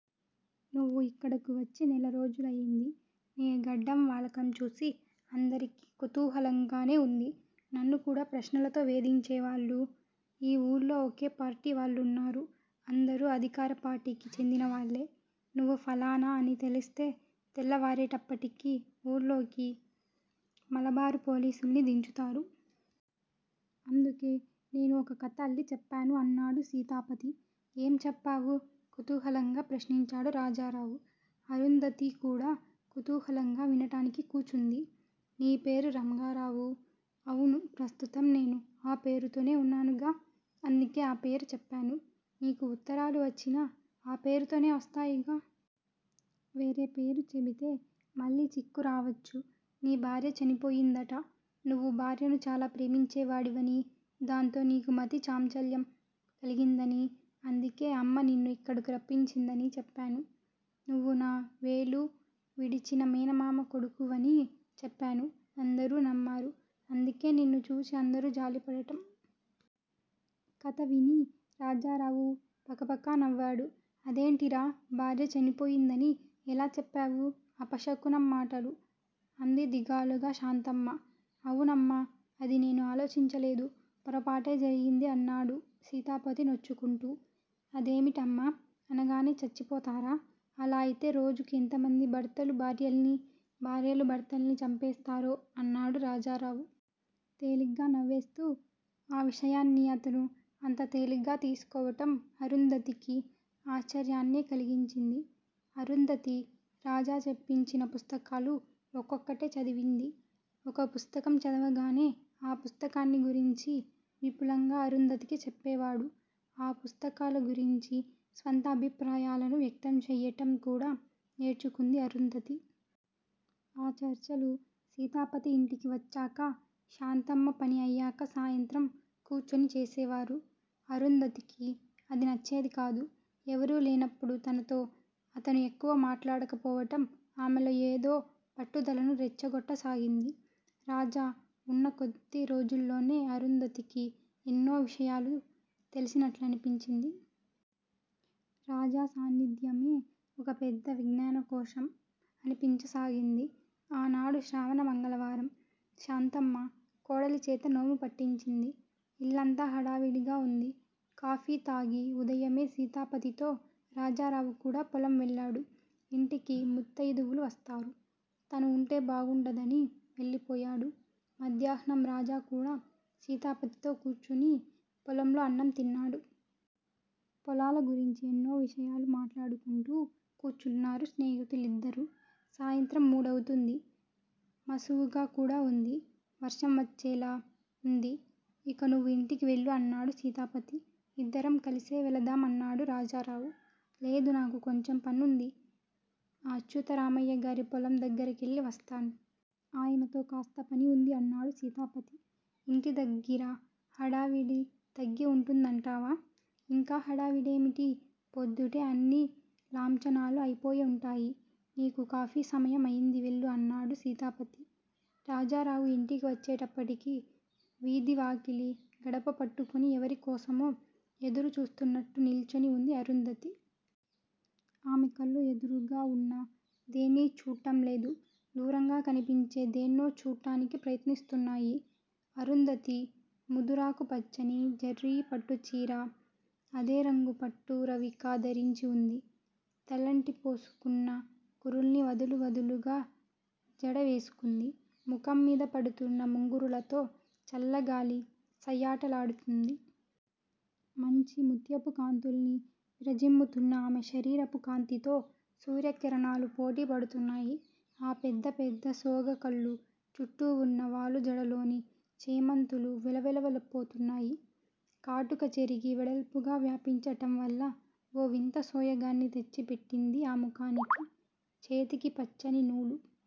నువ్వు ఇక్కడకు వచ్చి నెల రోజులయింది. నీ గడ్డం వాలకం చూసి అందరికీ కుతూహలంగానే వుంది. నన్ను కూడా ప్రశ్నలతో వేధించేవాళ్ళు. ఈ ఊళ్ళో ఒకే పార్టీ వాళ్ళున్నారు. అందరూ అధికార పార్టీకి చెందిన వాళ్ళే. నువ్వు ఫలానా అని తెలిస్తే తెల్లవారేటప్పటికి వూళ్ళోకి మలబారు పోలీసుల్ని దించుతారు. అందుకే నేను ఒక కథ అల్లి చెప్పాను అన్నాడు సీతాపతి. ఏం చెప్పావు? కుతూహలంగా ప్రశ్నించాడు రాజారావు. అరుంధతి కూడా కుతూహలంగా వినటానికి కూచుంది. నీ పేరు రంగారావు. అవును, ప్రస్తుతం నేను ఆ పేరుతోనే ఉన్నానుగా. అందుకే ఆ పేరు చెప్పాను. నీకు ఉత్తరాలు వచ్చినా ఆ పేరు తోనే వస్తాయిగా! వేరే పేరు చెబితే మళ్ళీ చిక్కురావచ్చు. నీ భార్య చనిపోయిందట. నువ్వు భార్యను చాలా ప్రేమించేవాడివనీ, దాంతో నీకు మతి చాంచల్యం కలిగిందనీ, అందుకే అమ్మ నిన్ను ఇక్కడకు రప్పించిందనీ చెప్పాను. నువ్వు నా వేలు విడిచిన మేనమామ కొడుకువనీ చెప్పాను. అందరూ నమ్మారు. అందుకే నిన్ను చూచి అందరూ జాలిపడటం. కథ విని రాజారావు పక పకా నవ్వాడు. అదేంటిరా, భార్య చనిపోయిందని ఎలా చెప్పావు? అపశకునం మాటలు? అంది దిగులుగా శాంతమ్మ. అవునమ్మా! అది నేను ఆలోచించలేదు. పొరపాటే జరిగింది అన్నాడు సీతాపతి నొచ్చుకుంటూ. అదేమిటమ్మా? అనగానే చచ్చిపోతారా! అలా అయితే రోజుకు ఎంతమంది భర్తలు భార్యల్నీ, భార్యలు భర్తల్నీ చంపేస్తారో అన్నాడు రాజారావు! తేలిగ్గా నవ్వేస్తూ. ఆ విషయాన్ని అతను అంత తేలిగ్గా తీసుకోవటం అరుంధతికి ఆశ్చర్యాన్నే కలిగించింది. అరుంధతి రాజా తెప్పించిన పుస్తకాలు ఒక్కొక్కటే చదివింది. ఒక పుస్తకం చదవగానే ఆ పుస్తకాన్ని గురించి విపులంగా అరుంధతికి చెప్పేవాడు. ఆ పుస్తకాల గురించి స్వంత అభిప్రాయాలను వ్యక్తం చెయ్యటం కూడా నేర్చుకుంది అరుంధతి. ఆ చర్చలు సీతాపతి ఇంటికి వచ్చాక శాంతమ్మ పని అయ్యాక సాయంత్రం కూచుని చేసేవారు. అరుంధతికి అది నచ్చేది కాదు. ఎవరూ లేనప్పుడు తనతో అతను ఎక్కువ మాట్లాడక పోవటం ఆమెలో ఏదో పట్టుదలను రెచ్చగొట్ట సాగింది. రాజా ఉన్న కొద్ది రోజుల్లోనే అరుంధతికి ఎన్నో విషయాలు తెలిసినట్లనిపించింది. రాజా సాన్నిధ్యమే ఒక పెద్ద విజ్ఞానకోశం అనిపించసాగింది. ఆనాడు శ్రావణ మంగళవారం. శాంతమ్మ, కోడలి చేత నోము పట్టించింది. ఇల్లంతా హడావిడిగా వుంది. కాఫీ తాగి ఉదయమే సీతాపతితో రాజారావు కూడా పొలం వెళ్ళాడు. ఇంటికి ముత్తయిదువులు వస్తారు. తను వుంటే బాగుండదని వెళ్ళిపోయాడు. మధ్యాహ్నం రాజా కూడా సీతాపతితో కూచుని పొలంలో అన్నం తిన్నాడు. పొలాల గురించి ఎన్నో విషయాలు మాట్లాడుకుంటూ కూచున్నారు స్నేహితులిద్దరు. సాయంత్రం మూడవుతుంది. మసువుగా కూడా వుంది. వర్షం వచ్చేలా వుంది. ఇక నువ్వు ఇంటికి వెళ్ళు అన్నాడు సీతాపతి. ఇద్దరం కలిసే వెళదాం అన్నాడు రాజారావు. లేదు నాకు కొంచెం పనుంది. అచ్యుతరామయ్యగారి పొలం దగ్గిరకెళ్ళివస్తాను. ఆయనతో కాస్త పనివుంది అన్నాడు సీతాపతి. ఇంటి దగ్గిర హడావిడి తగ్గి వుంటుందంటావా? ఇంకా హడావిడేమిటి? పొద్దుటే అన్ని లాంఛనాలూ అయిపోయి వుంటాయి. నీకు కాఫీ సమయం అయింది వెళ్ళు అన్నాడు సీతాపతి. రాజారావు ఇంటికి వచ్చేటప్పటికి వీధి వాకిలి గడప పట్టుకుని ఎవరికోసమో ఎదురుచూస్తున్నట్టు నిల్చొని ఉంది అరుంధతి. ఆమె కళ్ళు ఎదురుగా ఉన్న దేన్నీ చూట్టంలేదు. దూరంగా కనిపించే దేన్నో చూట్టానికి ప్రయత్నిస్తున్నాయి. అరుంధతి ముదురాకు పచ్చని జరీ పట్టుచీర, అదే రంగు పట్టు రవికా ధరించి ఉంది. తలంటి పోసుకున్న కురుల్ని వదులు వదులుగా జడ వేసుకుంది. ముఖం మీద పడుతున్న ముంగురులతో చల్లగాలి సయ్యాటలాడుతూంది. మంచి ముత్యపు కాంతుల్ని విరజిమ్ముతున్న ఆమె శరీరపు కాంతితో సూర్యకిరణాలు పోటీ పడుతున్నాయి. ఆ పెద్ద పెద్ద సోగ కళ్ళు చుట్టూ వున్న వాలు జడలోని చేమంతులు వెలవెల పోతున్నాయి. కాటుక చెరిగి వెడల్పుగా వ్యాపించటం వల్ల ఓ వింత సోయగాన్ని తెచ్చి పెట్టింది ఆ ముఖానికి. చేతికి పచ్చని నూలు